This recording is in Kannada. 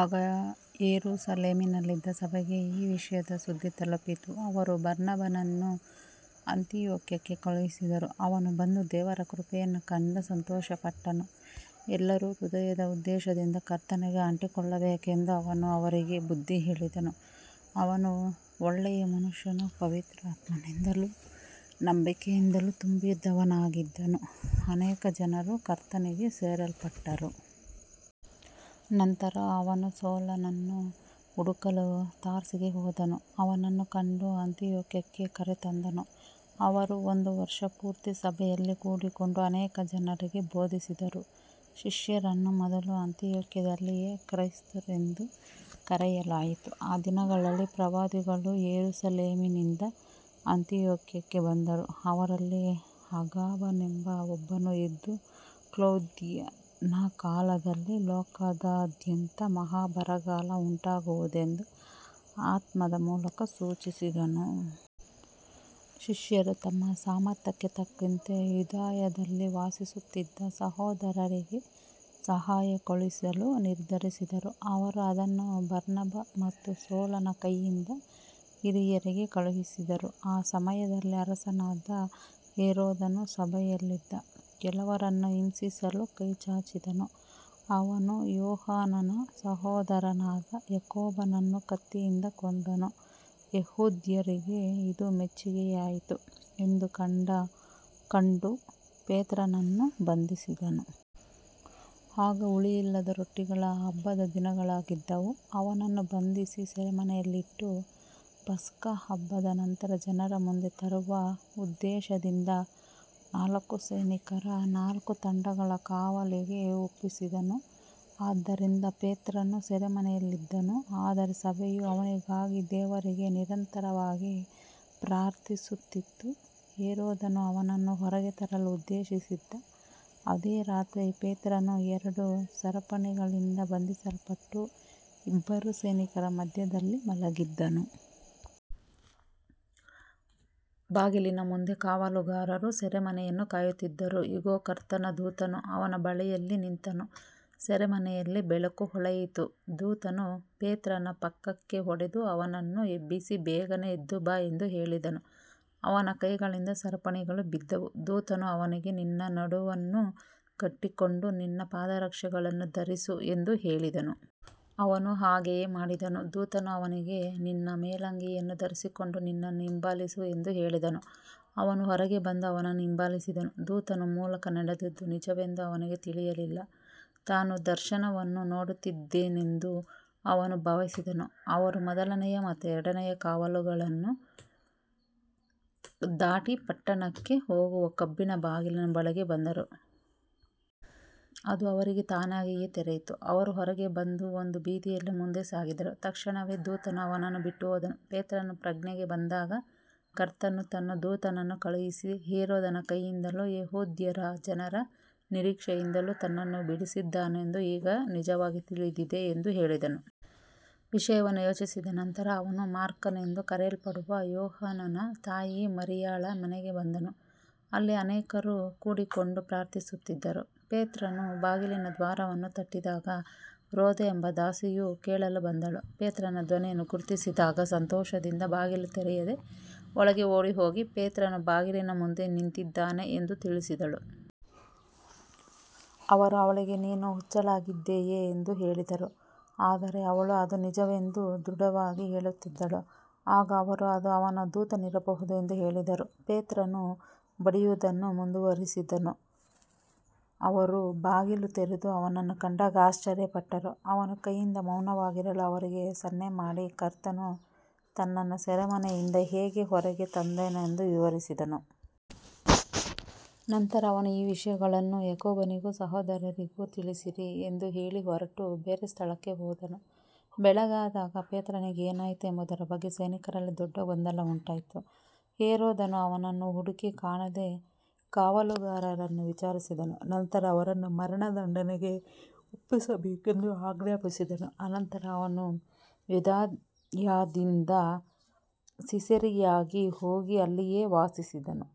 ಆಗ ಯೆರೂಸಲೇಮಿನಲ್ಲಿದ್ದ ಸಭೆಗೆ ಈ ವಿಷಯದ ಸುದ್ದಿ ತಲುಪಿತು. ಅವರು ಬರ್ನಬನನ್ನು ಅಂತಿಯೋಕ್ಯಕ್ಕೆ ಕಳುಹಿಸಿದರು. ಅವನು ಬಂದು ದೇವರ ಕೃಪೆಯನ್ನು ಕಂಡು ಸಂತೋಷಪಟ್ಟನು. ಎಲ್ಲರೂ ಹೃದಯದ ಉದ್ದೇಶದಿಂದ ಕರ್ತನಿಗೆ ಅಂಟಿಕೊಳ್ಳಬೇಕೆಂದು ಅವನು ಅವರಿಗೆ ಬುದ್ಧಿಹೇಳಿದನು. ಅವನು ಒಳ್ಳೆಯ ಮನುಷ್ಯನೂ ಪವಿತ್ರಾತ್ಮನಿಂದಲೂ ನಂಬಿಕೆಯಿಂದಲೂ ತುಂಬಿದವನಾಗಿದ್ದನು. ಅನೇಕ ಜನರು ಕರ್ತನಿಗೆ ಸೇರಿಸಲ್ಪಟ್ಟರು. ನಂತರ ಅವನು ಸೌಲನನ್ನು ಹುಡುಕಲು ತಾರ್ಸಿಗೆ ಹೋದನು. ಅವನನ್ನು ಕಂಡು ಅಂತಿಯೋಕ್ಯಕ್ಕೆ ಕರೆತಂದನು. ಅವರು ಒಂದು ವರ್ಷ ಪೂರ್ತಿ ಸಭೆಯಲ್ಲಿ ಕೂಡಿಕೊಂಡು ಅನೇಕ ಜನರಿಗೆ ಬೋಧಿಸಿದರು. ಶಿಷ್ಯರನ್ನು ಮೊದಲು ಅಂತಿಯೋಕ್ಯದಲ್ಲಿಯೇ ಕ್ರೈಸ್ತರೆಂದು ಕರೆಯಲಾಯಿತು. ಆ ದಿನಗಳಲ್ಲಿ ಪ್ರವಾದಿಗಳು ಯೆರೂಸಲೇಮಿನಿಂದ ಅಂತಿಯೋಕ್ಯಕ್ಕೆ ಬಂದರು. ಅವರಲ್ಲಿ ಅಗಾಬನೆಂಬ ಒಬ್ಬನು ಎದ್ದು, ಕ್ಲೌದ್ಯನ ಕಾಲದಲ್ಲಿ ಲೋಕದಾದ್ಯಂತ ಮಹಾ ಬರಗಾಲ ಉಂಟಾಗುವುದೆಂದು ಆತ್ಮದ ಮೂಲಕ ಸೂಚಿಸಿದನು. ಶಿಷ್ಯರು ತಮ್ಮ ಸಾಮರ್ಥ್ಯಕ್ಕೆ ತಕ್ಕಂತೆ ಯೂದಾಯದಲ್ಲಿ ವಾಸಿಸುತ್ತಿದ್ದ ಸಹೋದರರಿಗೆ ಸಹಾಯ ಕಳುಹಿಸಲು ನಿರ್ಧರಿಸಿದರು. ಅವರು ಅದನ್ನು ಬರ್ನಬ ಮತ್ತು ಸೌಲನ ಕೈಯಿಂದ ಹಿರಿಯರಿಗೆ ಕಳುಹಿಸಿದರು. ಆ ಸಮಯದಲ್ಲಿ ಅರಸನಾದ ಹೆರೋದನು ಸಭೆಯಲ್ಲಿದ್ದ ಕೆಲವರನ್ನು ಹಿಂಸಿಸಲು ಕೈಚಾಚಿದನು. ಅವನು ಯೋಹಾನನ ಸಹೋದರನಾದ ಯಾಕೋಬನನ್ನು ಕತ್ತಿಯಿಂದ ಕೊಂದನು. ಯೆಹೂದ್ಯರಿಗೆ ಇದು ಮೆಚ್ಚಿಗೆಯಾಯಿತು ಎಂದು ಕಂಡು ಪೇತ್ರನನ್ನೂ ಬಂಧಿಸಿದನು. ಆಗ ಹುಳಿಯಿಲ್ಲದ ರೊಟ್ಟಿಗಳ ಹಬ್ಬದ ದಿನಗಳಾಗಿದ್ದವು. ಅವನನ್ನು ಬಂಧಿಸಿ ಸೆರೆಮನೆಯಲ್ಲಿಟ್ಟು, ಪಸ್ಕಹಬ್ಬದ ನಂತರ ಜನರ ಮುಂದೆ ತರುವ ಉದ್ದೇಶದಿಂದ ನಾಲ್ಕು ಸೈನಿಕರ ನಾಲ್ಕು ತಂಡಗಳ ಕಾವಲಿಗೆ ಒಪ್ಪಿಸಿದನು. ಆದ್ದರಿಂದ ಪೇತ್ರನು ಸೆರೆಮನೆಯಲ್ಲಿದ್ದನು. ಆದರೆ ಸಭೆಯು ಅವನಿಗಾಗಿ ದೇವರಿಗೆ ನಿರಂತರವಾಗಿ ಪ್ರಾರ್ಥಿಸುತ್ತಿತ್ತು. ಹೆರೋದನು ಅವನನ್ನು ಹೊರಗೆ ತರಲು ಉದ್ದೇಶಿಸಿದ್ದ ಅದೇ ರಾತ್ರಿ ಪೇತ್ರನು ಎರಡು ಸರಪಣಿಗಳಿಂದ ಬಂಧಿಸಲ್ಪಟ್ಟು ಇಬ್ಬರು ಸೈನಿಕರ ಮಧ್ಯದಲ್ಲಿ ಮಲಗಿದ್ದನು. ಬಾಗಿಲಿನ ಮುಂದೆ ಕಾವಲುಗಾರರು ಸೆರೆಮನೆಯನ್ನು ಕಾಯುತ್ತಿದ್ದರು. ಇಗೋ, ಕರ್ತನ ದೂತನು ಅವನ ಬಳಿಯಲ್ಲಿ ನಿಂತನು. ಸೆರೆಮನೆಯಲ್ಲಿ ಬೆಳಕು ಹೊಳೆಯಿತು. ದೂತನು ಪೇತ್ರನ ಪಕ್ಕಕ್ಕೆ ಹೊಡೆದು ಅವನನ್ನು ಎಬ್ಬಿಸಿ, ಬೇಗನೆ ಎದ್ದುಬಾ ಎಂದು ಹೇಳಿದನು. ಅವನ ಕೈಗಳಿಂದ ಸರಪಣಿಗಳು ಬಿದ್ದವು. ದೂತನು ಅವನಿಗೆ, ನಿನ್ನ ನಡುವನ್ನು ಕಟ್ಟಿಕೊಂಡು ನಿನ್ನ ಪಾದರಕ್ಷೆಗಳನ್ನು ಧರಿಸು ಎಂದು ಹೇಳಿದನು. ಅವನು ಹಾಗೆಯೇ ಮಾಡಿದನು. ದೂತನು ಅವನಿಗೆ, ನಿನ್ನ ಮೇಲಂಗಿಯನ್ನು ಧರಿಸಿಕೊಂಡು ನನ್ನನ್ನು ಹಿಂಬಾಲಿಸು ಎಂದು ಹೇಳಿದನು. ಅವನು ಹೊರಗೆ ಬಂದು ಅವನನ್ನು ಹಿಂಬಾಲಿಸಿದನು. ದೂತನ ಮೂಲಕ ನಡೆದದ್ದು ನಿಜವೆಂದು ಅವನಿಗೆ ತಿಳಿಯಲಿಲ್ಲ. ತಾನು ದರ್ಶನವನ್ನು ನೋಡುತ್ತಿದ್ದೇನೆಂದು ಅವನು ಭಾವಿಸಿದನು. ಅವರು ಮೊದಲನೆಯ ಮತ್ತು ಎರಡನೆಯ ಕಾವಲುಗಳನ್ನು ದಾಟಿ, ಪಟ್ಟಣಕ್ಕೆ ಹೋಗುವ ಕಬ್ಬಿಣದ ಬಾಗಿಲಿನ ಬಳಿಗೆ ಬಂದರು. ಅದು ಅವರಿಗೆ ತಾನಾಗಿಯೇ ತೆರೆಯಿತು. ಅವರು ಹೊರಗೆ ಬಂದು ಒಂದು ಬೀದಿಯಲ್ಲಿ ಮುಂದೆ ಸಾಗಿದರು. ತಕ್ಷಣವೇ ದೂತನು ಅವನನ್ನು ಬಿಟ್ಟುಹೋದನು. ಪೇತ್ರನು ಪ್ರಜ್ಞೆಗೆ ಬಂದಾಗ, ಕರ್ತನು ತನ್ನ ದೂತನನ್ನು ಕಳುಹಿಸಿ ಹೆರೋದನ ಕೈಯಿಂದಲೂ ಯೆಹೂದ್ಯರ ಜನರ ನಿರೀಕ್ಷೆಯಿಂದಲೂ ತನ್ನನ್ನು ಬಿಡಿಸಿದ್ದಾನೆಂದು ಈಗ ನಿಜವಾಗಿ ತಿಳಿದಿದೆ ಎಂದು ಹೇಳಿದನು. ವಿಷಯವನ್ನು ಯೋಚಿಸಿದ ನಂತರ ಅವನು ಮಾರ್ಕನೆಂದು ಕರೆಯಲ್ಪಡುವ ಯೋಹಾನನ ತಾಯಿ ಮರಿಯಳ ಮನೆಗೆ ಬಂದನು. ಅಲ್ಲಿ ಅನೇಕರು ಕೂಡಿಕೊಂಡು ಪ್ರಾರ್ಥಿಸುತ್ತಿದ್ದರು. ಪೇತ್ರನು ಬಾಗಿಲಿನ ದ್ವಾರವನ್ನು ತಟ್ಟಿದಾಗ ರೋದೆ ಎಂಬ ದಾಸಿಯು ಕೇಳಲು ಬಂದಳು. ಪೇತ್ರನ ಧ್ವನಿಯನ್ನು ಗುರುತಿಸಿದಾಗ ಸಂತೋಷದಿಂದ ಬಾಗಿಲು ತೆರೆಯದೆ ಒಳಗೆ ಓಡಿ ಹೋಗಿ, ಪೇತ್ರನು ಬಾಗಿಲಿನ ಮುಂದೆ ನಿಂತಿದ್ದಾನೆ ಎಂದು ತಿಳಿಸಿದಳು. ಅವರು ಅವಳಿಗೆ, ನೀನು ಹುಚ್ಚಳಾಗಿದ್ದೀಯೆ ಎಂದು ಹೇಳಿದರು. ಆದರೆ ಅವಳು ಅದು ನಿಜವೆಂದು ದೃಢವಾಗಿ ಹೇಳುತ್ತಿದ್ದಳು. ಆಗ ಅವರು, ಅದು ಅವನ ದೂತನಿರಬಹುದು ಎಂದು ಹೇಳಿದರು. ಪೇತ್ರನು ಬಡಿಯುವುದನ್ನು ಮುಂದುವರಿಸಿದನು. ಅವರು ಬಾಗಿಲು ತೆರೆದು ಅವನನ್ನು ಕಂಡಾಗ ಆಶ್ಚರ್ಯಪಟ್ಟರು. ಅವನು ಕೈಯಿಂದ ಮೌನವಾಗಿರಲು ಅವರಿಗೆ ಸನ್ನೆಮಾಡಿ, ಕರ್ತನು ತನ್ನನ್ನು ಸೆರೆಮನೆಯಿಂದ ಹೇಗೆ ಹೊರಗೆ ತಂದನೆಂದು ವಿವರಿಸಿದನು. ನಂತರ ಅವನು, ಈ ವಿಷಯಗಳನ್ನು ಯಾಕೋಬನಿಗೂ ಸಹೋದರರಿಗೂ ತಿಳಿಸಿರಿ ಎಂದು ಹೇಳಿ ಹೊರಟು ಬೇರೆ ಸ್ಥಳಕ್ಕೆ ಹೋದನು. ಬೆಳಗಾದಾಗ ಪೇತ್ರನಿಗೆ ಏನಾಯಿತು ಎಂಬುದರ ಬಗ್ಗೆ ಸೈನಿಕರಲ್ಲಿ ದೊಡ್ಡ ಗೊಂದಲ ಉಂಟಾಯಿತು. ಹೆರೋದನು ಅವನನ್ನು ಹುಡುಕಿ ಕಾಣದೆ ಕಾವಲುಗಾರರನ್ನು ವಿಚಾರಿಸಿದನು. ನಂತರ ಅವರನ್ನು ಮರಣದಂಡನೆಗೆ ಒಪ್ಪಿಸಬೇಕೆಂದು ಆಜ್ಞಾಪಿಸಿದನು. ಅನಂತರ ಅವನು ಯೂದಾಯದಿಂದ ಸಿಸೇರಿಯಾಗೆ ಹೋಗಿ ಅಲ್ಲಿಯೇ ವಾಸಿಸಿದನು.